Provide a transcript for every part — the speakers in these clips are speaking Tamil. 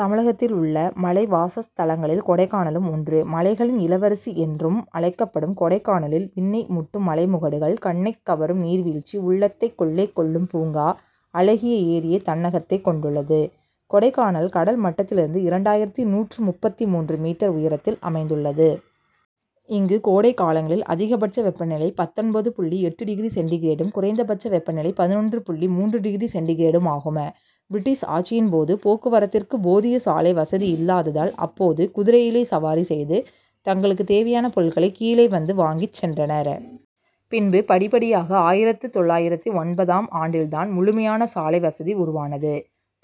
தமிழகத்திலுள்ள மலை வாசஸ்தலங்களில் கொடைக்கானலும் ஒன்று. மலைகளின் இளவரசி என்றும் அழைக்கப்படும் கொடைக்கானலில் விண்ணை முட்டும் மலைமுகடுகள் கண்ணைக்கவரும் நீர்வீழ்ச்சி உள்ளத்தை கொள்ளை கொள்ளும் பூங்கா அழகிய ஏரியை தன்னகத்தே கொண்டுள்ளது. கொடைக்கானல் கடல் மட்டத்திலிருந்து இரண்டாயிரத்து நூற்று முப்பத்து மூன்று மீட்டர் உயரத்தில் அமைந்துள்ளது. இங்கு கோடை காலங்களில் அதிகபட்ச வெப்பநிலை பத்தொன்பது புள்ளி எட்டு டிகிரி சென்டிகிரேடும் குறைந்தபட்ச வெப்பநிலை பதினொன்று புள்ளி மூன்று டிகிரி சென்டிகிரேடும் ஆகும். பிரிட்டிஷ் ஆட்சியின் போது போக்குவரத்திற்கு போதிய சாலை வசதியில்லாததால் அப்போது குதிரையிலே சவாரி செய்து தங்களுக்கு தேவையான பொருட்களை கீழே வந்து வாங்கிச்சென்றனர். பின்பு படிப்படியாக ஆயிரத்து தொள்ளாயிரத்து ஒன்பதாம் ஆண்டில்தான் முழுமையான சாலை வசதி உருவானது.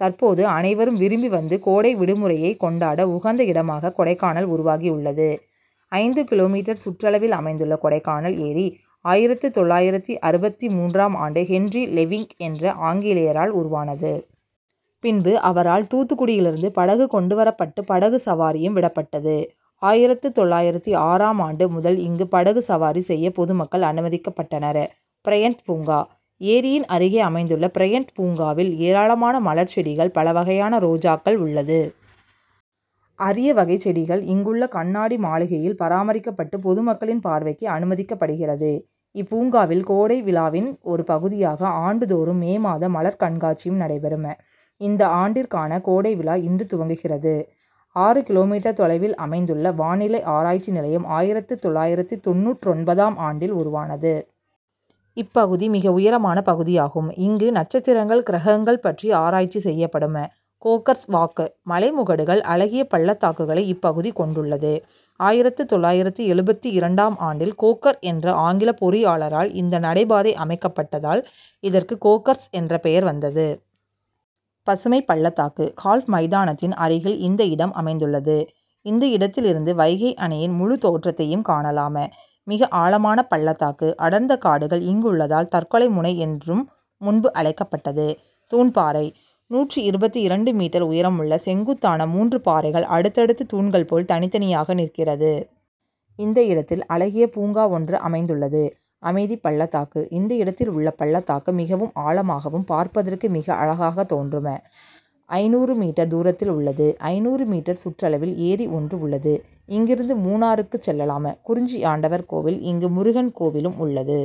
தற்போது அனைவரும் விரும்பி வந்து கோடை விடுமுறையை கொண்டாட உகந்த இடமாக கொடைக்கானல் உருவாகியுள்ளது. ஐந்து கிலோமீட்டர் சுற்றளவில் அமைந்துள்ள கொடைக்கானல் ஏரி ஆயிரத்து தொள்ளாயிரத்து அறுபத்து மூன்றாம் ஆண்டு ஹென்றி லெவிங்க் என்ற ஆங்கிலேயரால் உருவானது. பின்பு அவரால் தூத்துக்குடியிலிருந்து படகு கொண்டு வரப்பட்டு படகு சவாரியும் விடப்பட்டது. ஆயிரத்து தொள்ளாயிரத்து ஆறாம் ஆண்டு முதல் இங்கு படகு சவாரி செய்ய பொதுமக்கள் அனுமதிக்கப்பட்டனர். பிரையண்ட் பூங்கா: ஏரியின் அருகே அமைந்துள்ள பிரையண்ட் பூங்காவில் ஏராளமான மலர் செடிகள் பல வகையான ரோஜாக்கள் உள்ளது. அரிய வகை செடிகள் இங்குள்ள கண்ணாடி மாளிகையில் பராமரிக்கப்பட்டு பொதுமக்களின் பார்வைக்கு அனுமதிக்கப்படுகிறது. இப்பூங்காவில் கோடைவிழாவின் ஒரு பகுதியாக ஆண்டுதோறும் மே மாதம் மலர் கண்காட்சியும் நடைபெறும். இந்த ஆண்டிற்கான கோடை விழா இன்று துவங்குகிறது. ஆறு கிலோமீட்டர் தொலைவில் அமைந்துள்ள வான்நிலை ஆராய்ச்சி நிலையம் ஆயிரத்து தொள்ளாயிரத்து தொண்ணூற்றொன்பதாம் ஆண்டில் உருவானது. இப்பகுதி மிக உயரமான பகுதியாகும். இங்கு நட்சத்திரங்கள் கிரகங்கள் பற்றி ஆராய்ச்சி செய்யப்படும். கோக்கர்ஸ் வாக்: மலைமுகடுகள் அழகிய பள்ளத்தாக்குகளை இப்பகுதி கொண்டுள்ளது. ஆயிரத்து தொள்ளாயிரத்து எழுபத்து இரண்டாம் ஆண்டில் கோக்கர் என்ற ஆங்கில பொறியாளரால் இந்த நடைபாதை அமைக்கப்பட்டதால் இதற்கு கோக்கர்ஸ் என்ற பெயர் வந்தது. பசுமை பள்ளத்தாக்கு: கால்ப் மைதானத்தின் அருகில் இந்த இடம் அமைந்துள்ளது. இந்த இடத்தில் இருந்து வைகை அணையின் முழு தோற்றத்தையும் காணலாம். மிக ஆழமான பள்ளத்தாக்கு அடர்ந்த காடுகள் இங்கு உள்ளதால் தற்கொலை முனை என்றும் முன்பு அழைக்கப்பட்டது. தூண்பாறை: நூற்று இருபத்தி இரண்டு மீட்டர் உயரமுள்ள செங்குத்தான மூன்று பாறைகள் அடுத்தடுத்து தூண்கள் போல் தனித்தனியாக நிற்கிறது. இந்த இடத்தில் அழகிய பூங்கா ஒன்று அமைந்துள்ளது. அமைதிபள்ளத்தாக்கு: இந்த இடத்தில் உள்ள பள்ளத்தாக்கு மிகவும் ஆழமாகவும் பார்ப்பதற்கு மிக அழகாக தோன்றும். ஐந்நூறு மீட்டர் தூரத்தில் உள்ளது. ஐந்நூறு மீட்டர் சுற்றளவில் ஏரி ஒன்று உள்ளது. இங்கிருந்து மூணாறுக்கு செல்லலாம். குறிஞ்சியாண்டவர் கோவில்: இங்கு முருகன் கோவிலும் உள்ளது.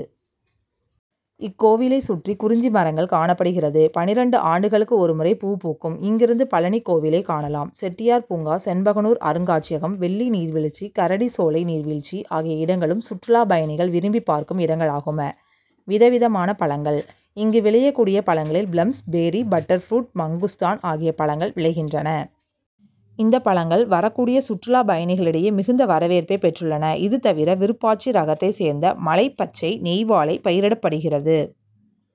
இக்கோவிலை சுற்றி குறிஞ்சி மரங்கள் காணப்படுகிறது. பன்னிரண்டு ஆண்டுகளுக்கு ஒரு முறை பூ பூக்கும். இங்கிருந்து பழநி கோவிலை காணலாம். செட்டியார் பூங்கா செண்பகனூர் அருங்காட்சியகம் வெள்ளி நீர்வீழ்ச்சி கரடி சோலை நீர்வீழ்ச்சி ஆகிய இடங்களும் சுற்றுலா பயணிகள் விரும்பி பார்க்கும் இடங்களாகும். விதவிதமான பழங்கள்: இங்கு விளையக்கூடிய பழங்களில் பிளம்ஸ் பேரி பட்டர்புரூட் மங்குஸ்தான் ஆகிய பழங்கள் விளைகின்றன. இந்த பழங்கள் வரக்கூடிய சுற்றுலா பயணிகளிடையே மிகுந்த வரவேற்பை பெற்றுள்ளன. இது தவிர விருப்பாச்சி ரகத்தை சேர்ந்த மலை பச்சை நெய்வாழை பயிரிடப்படுகிறது.